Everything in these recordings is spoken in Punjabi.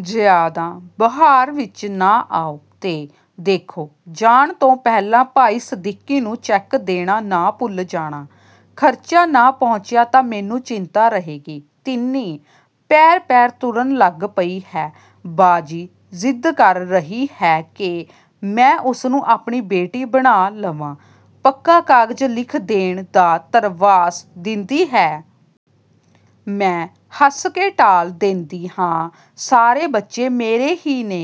"ਜ਼ਿਆਦਾ ਬਹਾਰ ਵਿੱਚ ਨਾ ਆਓ; ਤੇ ਦੇਖੋ, ਜਾਣ ਤੋਂ ਪਹਿਲਾਂ ਭਾਈ ਸਦੀਕੀ ਨੂੰ ਚੈੱਕ ਦੇਣਾ ਨਾ ਭੁੱਲ ਜਾਣਾ, ਖਰਚਾ ਨਾ ਪਹੁੰਚਿਆ ਤਾਂ ਮੈਨੂੰ ਚਿੰਤਾ ਰਹੇਗੀ। ਤਿੰਨੀ, ਪੈਰ-ਪੈਰ ਤੁਰਨ ਲੱਗ ਪਈ ਹੈ। ਬਾਜੀ ਜ਼ਿੱਦ ਕਰ ਰਹੀ ਹੈ ਕਿ ਮੈਂ ਉਸਨੂੰ ਆਪਣੀ ਬੇਟੀ ਬਣਾ ਲਵਾਂ- ਪੱਕਾ ਕਾਗਜ਼ ਲਿਖ ਦੇਣ ਦਾ ਧਰਵਾਸ ਦਿੰਦੀ ਹੈ। ਮੈਂ ਹੱਸ ਕੇ ਟਾਲ ਦੇਂਦੀ ਹਾਂ, ਸਾਰੇ ਬੱਚੇ ਮੇਰੇ ਹੀ ਨੇ।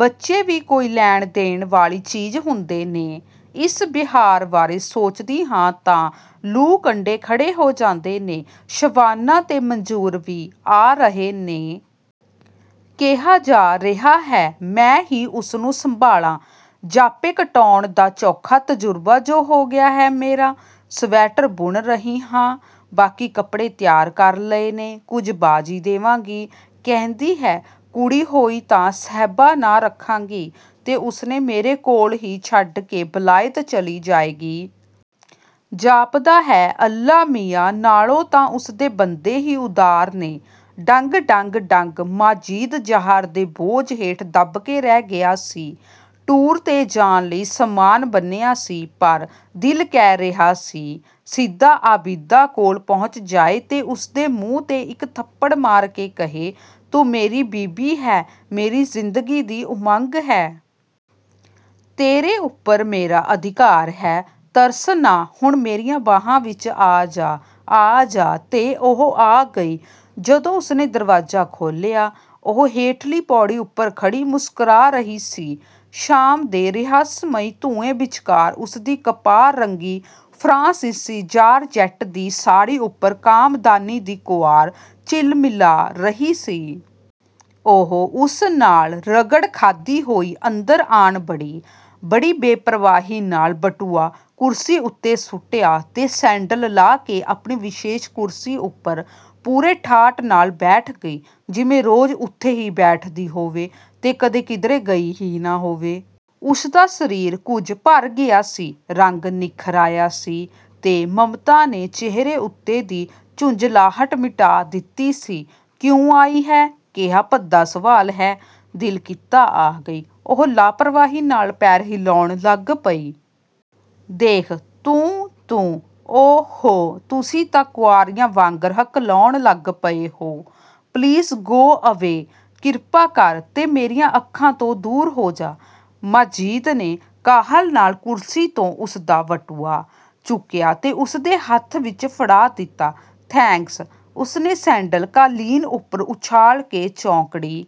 ਬੱਚੇ ਵੀ ਕੋਈ ਲੈਣ-ਦੇਣ ਵਾਲੀ ਚੀਜ਼ ਹੁੰਦੇ ਨੇ! ਇਸ ਵਿਹਾਰ ਬਾਰੇ ਸੋਚਦੀ ਹਾਂ ਤਾਂ ਲੂੰ-ਕੰਡੇ ਖੜ੍ਹੇ ਹੋ ਜਾਂਦੇ ਨੇ। ਸ਼ਬਾਨਾ ਤੇ ਮੰਜ਼ੂਰ ਵੀ ਆ ਰਹੇ ਨੇ। ਕਿਹਾ ਜਾ ਰਿਹਾ ਹੈ, ਮੈਂ ਹੀ ਉਸਨੂੰ ਸੰਭਾਲਾਂ, ਜਾਪੇ ਕਟਾਉਣ ਦਾ ਚੋਖਾ ਤਜ਼ੁਰਬਾ ਜੋ ਹੋ ਗਿਆ ਹੈ ਮੇਰਾ। ਸਵੈਟਰ ਬੁਣ ਰਹੀ ਹਾਂ। ਬਾਕੀ ਕੱਪੜੇ ਤਿਆਰ ਕਰ ਲਏ ਨੇ। ਕੁਝ ਬਾਜੀ ਦੇਵੇਗੀ। ਕਹਿੰਦੀ ਹੈ, ਕੁੜੀ ਹੋਈ ਤਾਂ ਸਬਿਹਾ ਨਾਂ ਰੱਖੇਗੀ ਤੇ ਉਸਨੂੰ ਮੇਰੇ ਕੋਲ ਹੀ ਛੱਡ ਕੇ ਵਲਾਇਤ ਚਲੀ ਜਾਏਗੀ। ਜਾਪਦਾ ਹੈ, ਅੱਲਾ ਮੀਆਂ ਨਾਲੋਂ ਤਾਂ ਉਸਦੇ ਬੰਦੇ ਹੀ ਉਦਾਰ ਨੇ।" ਡੰਗ, ਡੰਗ, ਡੰਗ--ਮਾਜਿਦ ਜ਼ਹਿਰ ਦੇ ਬੋਝ ਹੇਠ ਦਬ ਕੇ ਰਹਿ ਗਿਆ ਸੀ। ਟੂਰ 'ਤੇ ਜਾਣ ਲਈ ਸਾਮਾਨ ਬੰਨ੍ਹਿਆ ਸੀ, ਪਰ ਦਿਲ ਕਹਿ ਰਿਹਾ ਸੀ, ਸਿੱਧਾ ਆਬਿਦਾ ਕੋਲ ਪਹੁੰਚ ਜਾਏ ਤੇ ਉਸਦੇ ਮੂੰਹ 'ਤੇ ਇੱਕ ਥੱਪੜ ਮਾਰ ਕੇ ਕਹੇ, ਤੂੰ ਮੇਰੀ ਬੀਵੀ ਹੈਂ, ਮੇਰੀ ਜ਼ਿੰਦਗੀ ਦੀ ਉਮੰਗ ਹੈਂ। ਤੇਰੇ ਉੱਪਰ ਮੇਰਾ ਅਧਿਕਾਰ ਹੈ। ਤਰਸਾ ਨਾ, ਹੁਣ ਮੇਰੀਆਂ ਬਾਹਾਂ ਵਿੱਚ ਆ ਜਾ, ਆ ਜਾ। ਤੇ ਉਹ ਆ ਗਈ। ਜਦੋਂ ਉਸਨੇ ਦਰਵਾਜ਼ਾ ਖੋਲ੍ਹਿਆ, ਉਹ ਹੇਠਲੀ ਪੌੜੀ ਉੱਪਰ ਖੜ੍ਹੀ ਮੁਸਕਰਾ ਰਹੀ ਸੀ। ਸ਼ਾਮ ਦੇ ਰਹੱਸਮਈ ਧੂੰਏਂ ਵਿੱਚਕਾਰ ਉਸਦੀ ਕਪਾਹ-ਰੰਗੀ ਫਰਾਂਸੀਸੀ ਜਾਰਜੈਟ ਦੀ ਸਾੜ੍ਹੀ ਉੱਪਰ ਕਾਮਦਾਨੀ ਦੀ ਕੁਆਰ ਝਿਲਮਿਲਾ ਰਹੀ ਸੀ। ਉਹ ਉਸ ਨਾਲ ਰਗੜ ਖਾਂਦੀ ਹੋਈ ਅੰਦਰ ਆਣ ਵੜੀ। ਬੜੀ ਬੇਪ੍ਰਵਾਹੀ ਨਾਲ ਬਟੂਆ ਕੁਰਸੀ ਉੱਤੇ ਸੁੱਟਿਆ ਤੇ ਸੈਂਡਲ ਲਾਹ ਕੇ ਆਪਣੀ ਵਿਸ਼ੇਸ਼ ਕੁਰਸੀ ਉੱਪਰ ਪੂਰੇ ਠਾਠ ਨਾਲ ਬੈਠ ਗਈ। ਜਿਵੇਂ ਰੋਜ਼ ਉੱਥੇ ਹੀ ਬੈਠਦੀ ਹੋਵੇ ਤੇ ਕਦੇ ਕਿਧਰੇ ਗਈ ਹੀ ਨਾ ਹੋਵੇ। ਉਸਦਾ ਸਰੀਰ ਕੁਝ ਭਰ ਗਿਆ ਸੀ; ਰੰਗ ਨਿੱਖਰ ਆਇਆ ਸੀ ਤੇ ਮਮਤਾ ਨੇ ਚਿਹਰੇ ਉੱਤੋਂ ਦੀ ਝੁੰਜਲਾਹਟ ਮਿਟਾ ਦਿੱਤੀ ਸੀ। "ਕਿਉਂ ਆਈ ਹੈਂ?" "ਕਿਹਾ ਭੱਦਾ ਸਵਾਲ ਹੈ! ਦਿਲ ਕੀਤਾ ਆ ਗਈ।" ਉਹ ਲਾਪਰਵਾਹੀ ਨਾਲ ਪੈਰ ਹਿਲਾਉਣ ਲੱਗ ਪਈ। "ਦੇਖ, ਤੂੰ, ਤੂੰ!" "ਓ-ਹੋ, ਤੁਸੀਂ ਤਾਂ ਕੁਆਰੀਆਂ ਵਾਂਗਰ ਹਕਲਾਉਣ ਲੱਗ ਪਏ ਹੋ!" "Please go away. ਕਿਰਪਾ ਕਰ, ਤੇ ਮੇਰੀਆਂ ਅੱਖਾਂ ਤੋਂ ਦੂਰ ਹੋ ਜਾ।" ਮਾਜਿਦ ਨੇ ਕਾਹਲ ਨਾਲ ਕੁਰਸੀ ਤੋਂ ਉਸਦਾ ਬਟੂਆ ਚੁੱਕਿਆ ਤੇ ਉਸਦੇ ਹੱਥ ਵਿੱਚ ਫੜਾ ਦਿੱਤਾ। "ਥੈਂਕਸ," ਉਸਨੇ ਸੈਂਡਲ ਕਾਲੀਨ ਉੱਪਰ ਉਛਾਲ ਕੇ ਚੌਂਕੜੀ